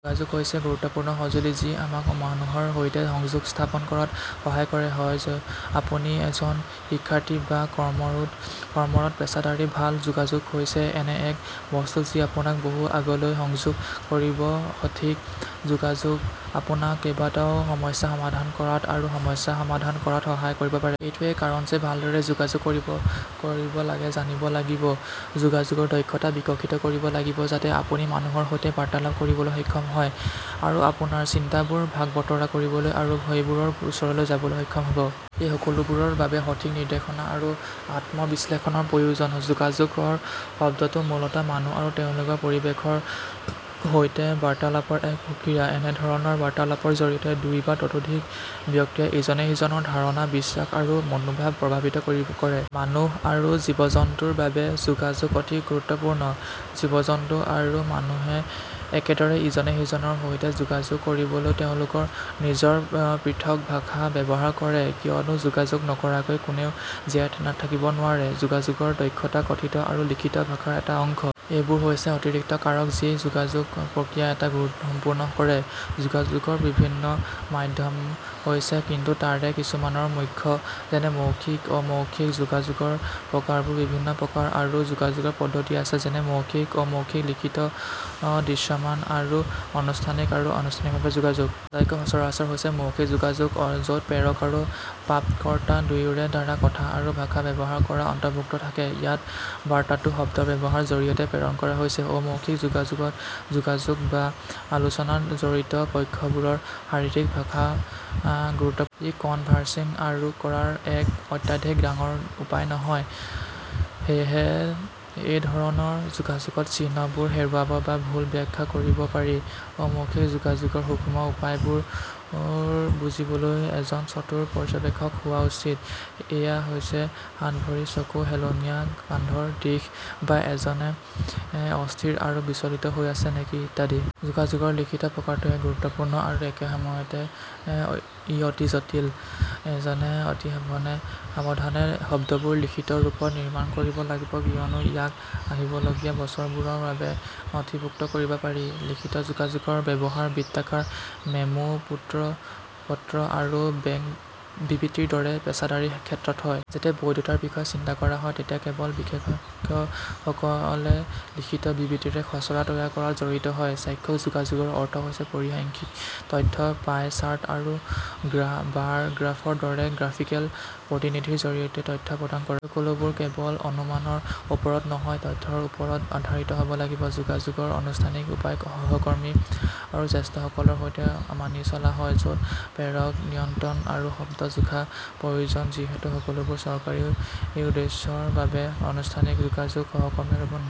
যোগাযোগ হৈছে এক গুৰুত্বপূৰ্ণ সঁজুলি যি আমাক মানুহৰ সৈতে সংযোগ স্থাপনকৰাত সহায় কৰে। হয় আপুনি এজন শিক্ষাৰ্থী বা কৰ্মৰত পেছাদাৰী, ভাল যোগাযোগ হৈছে এনে এক বস্তু যি আপোনাক বহু আগলৈ সংযোগ কৰিব। সঠিক যোগাযোগে আপোনাক কেইবাটাও সমস্যা সমাধান কৰাত আৰু সমস্যাসমাধান কৰাত সহায় কৰিব পাৰে। এইটোৱেই কাৰণ যে ভালদৰে যোগাযোগ কৰিব লাগে জানিব লাগিব। যোগাযোগৰ দক্ষতা বিকশিত কৰিব লাগিব যাতে আপুনি মানুহৰ সৈতে বাৰ্তালাপ কৰিবলৈ সক্ষম হয়। আৰু আপোনাৰ চিন্তাবোৰ ভাগ বতৰা কৰিবলৈ আৰু সেইবোৰৰ ওচৰলৈ যাবলৈ সক্ষম হ'ব। এই সকলোবোৰৰ বাবে সঠিক নিৰ্দেশনা আৰু আত্ম-বিশ্লেষণৰ প্ৰয়োজন। যোগাযোগ শব্দটো মূলতঃ মানুহ আৰু তেওঁলোকৰ পৰিৱেশৰ সৈতে বাৰ্তালাপৰ এক প্ৰক্ৰিয়া। এনে ধৰণৰ বাৰ্তালাপৰ জৰিয়তে, দুই বা ততোধিক ব্যক্তিয়ে ইজনে সিজনৰ ধাৰণা, বিশ্বাস আৰু মনোভাৱ প্ৰভাৱিত কৰে। মানুহ আৰু জীৱ- জন্তুৰ বাবে যোগাযোগ অতি গুৰুত্বপূৰ্ণ। জীৱ-জন্তু আৰু মানুহে একেদৰে ইজনে সিজনৰ সৈতে যোগাযোগ কৰিবলৈ তেওঁলোকৰ নিজৰ পৃথক ভাষা ব্যৱহাৰ কৰে, কিয়নো যোগাযোগ নকৰাকৈ কোনেও জীয়াই থাকিব নোৱাৰে। যোগাযোগৰ দক্ষতা কথিত আৰু লিখিত ভাষাৰ এটা অংশ। এইবোৰ হৈছে অতিৰিক্ত কাৰক, যি যোগাযোগ প্ৰক্ৰিয়া এটা সম্পূৰ্ণ কৰে। যোগাযোগৰ বিভিন্ন মাধ্যম আছে কিন্তু তাৰে কিছুমান মুখ্য যেনে মৌখিক, অ-মৌখিক। যোগাযোগৰ প্ৰকাৰ বোৰ বিভিন্ন প্ৰকাৰ আৰু যোগাযোগৰ পদ্ধতি আছে, যেনে – মৌখিক, অ-মৌখিক, লিখিত, দৃশ্যমান আৰু আনুষ্ঠানিক, আৰু অনানুষ্ঠানিক যোগাযোগ। আটাইতকৈ সচৰাচৰ হৈছে মৌখিক যোগাযোগ য'ত প্ৰেৰক আৰু প্ৰাপ্তকৰ্তা দুয়োৰে দ্বাৰা কথা আৰু ভাষা ব্যৱহাৰ কৰা অন্তৰ্ভুক্ত থাকে। ইয়াত বাৰ্তাটো শব্দৰ ব্যৱহাৰৰ জৰিয়তে প্ৰেৰণ কৰা হৈছে। অ-মৌখিক যোগাযোগত, যোগাযোগ বা আলোচনাত জড়িত পক্ষবোৰৰ শাৰীৰিক ভাষা গুৰুত্বপূৰ্ণ। ই কনভাৰ্চিং কৰাৰ এক অত্যাধিক ডাঙৰ উপায় নহয়, সেয়েহে এই ধৰণৰ যোগাযোগত চিহ্নবোৰ হেৰুৱাব বা ভুল ব্যাখ্যা কৰিব পাৰি। অ-মৌখিক যোগাযোগৰ সূক্ষ্ম উপায়বোৰ বুজিবলৈ এজন চতুৰ পৰ্যবেক্ষক হোৱা উচিত। এয়া হৈছে হাত-ভৰি, চকু, হেলনীয়া কান্ধৰ দিশ, বা এজনে অস্থিৰ আৰু বিচলিত হৈ আছে নেকি ইত্যাদি। যোগাযোগৰ লিখিত প্ৰকাৰটো এক গুৰুত্বপূৰ্ণ আৰু একে সময়তে, ই অতি জটিল। এজনে অতি সাৱধানে শব্দবোৰ লিখিত ৰূপত নিৰ্মাণ কৰিব লাগিব কিয়নো ইয়াক আহিবলগীয়া বছৰবোৰৰ বাবে নথিভুক্ত কৰিব পাৰি। লিখিত যোগাযোগৰ ব্যৱহাৰ বৃত্তাকাৰ, মেমো, পত্ৰ, আৰু বেঙ্ক বিবৃতিৰ দৰে পেছাদাৰী ক্ষেত্ৰত হয়। যেতিয়া বৈধতাৰ বিষয়ে চিন্তা কৰা হয় তেতিয়া কেৱল বিশেষজ্ঞসকলেলিখিত বিবৃতিৰ খচৰা তৈয়াৰ কৰাত জড়িত হয়। চাক্ষুষ যোগাযোগৰ অৰ্থ হৈছে পৰিসাংখ্যিক তথ্য, পাই চাৰ্ট, আৰু বাৰ গ্ৰাফৰ দৰে গ্ৰাফিকেল প্ৰতিনিধিত্বৰ জৰিয়তে তথ্য প্ৰদান কৰা। এই সকলোবোৰ কেৱল অনুমানৰ ওপৰত নহয়, তথ্যৰ ওপৰত আধাৰিত হ'ব লাগে। যোগাযোগৰ আনুষ্ঠানিক উপায় সহকৰ্মী আৰু জ্যেষ্ঠসকলৰ সৈতে মানি চলা হয় য'ত প্ৰেৰকক নিয়ন্ত্ৰণ আৰু শব্দত জোখা প্ৰয়োজন যিহেতু সকলোবোৰ চৰকাৰী উদ্দেশ্যৰ বাবে। অনানুষ্ঠানিক যোগাযোগ সহকৰ্মী আৰু বন্ধু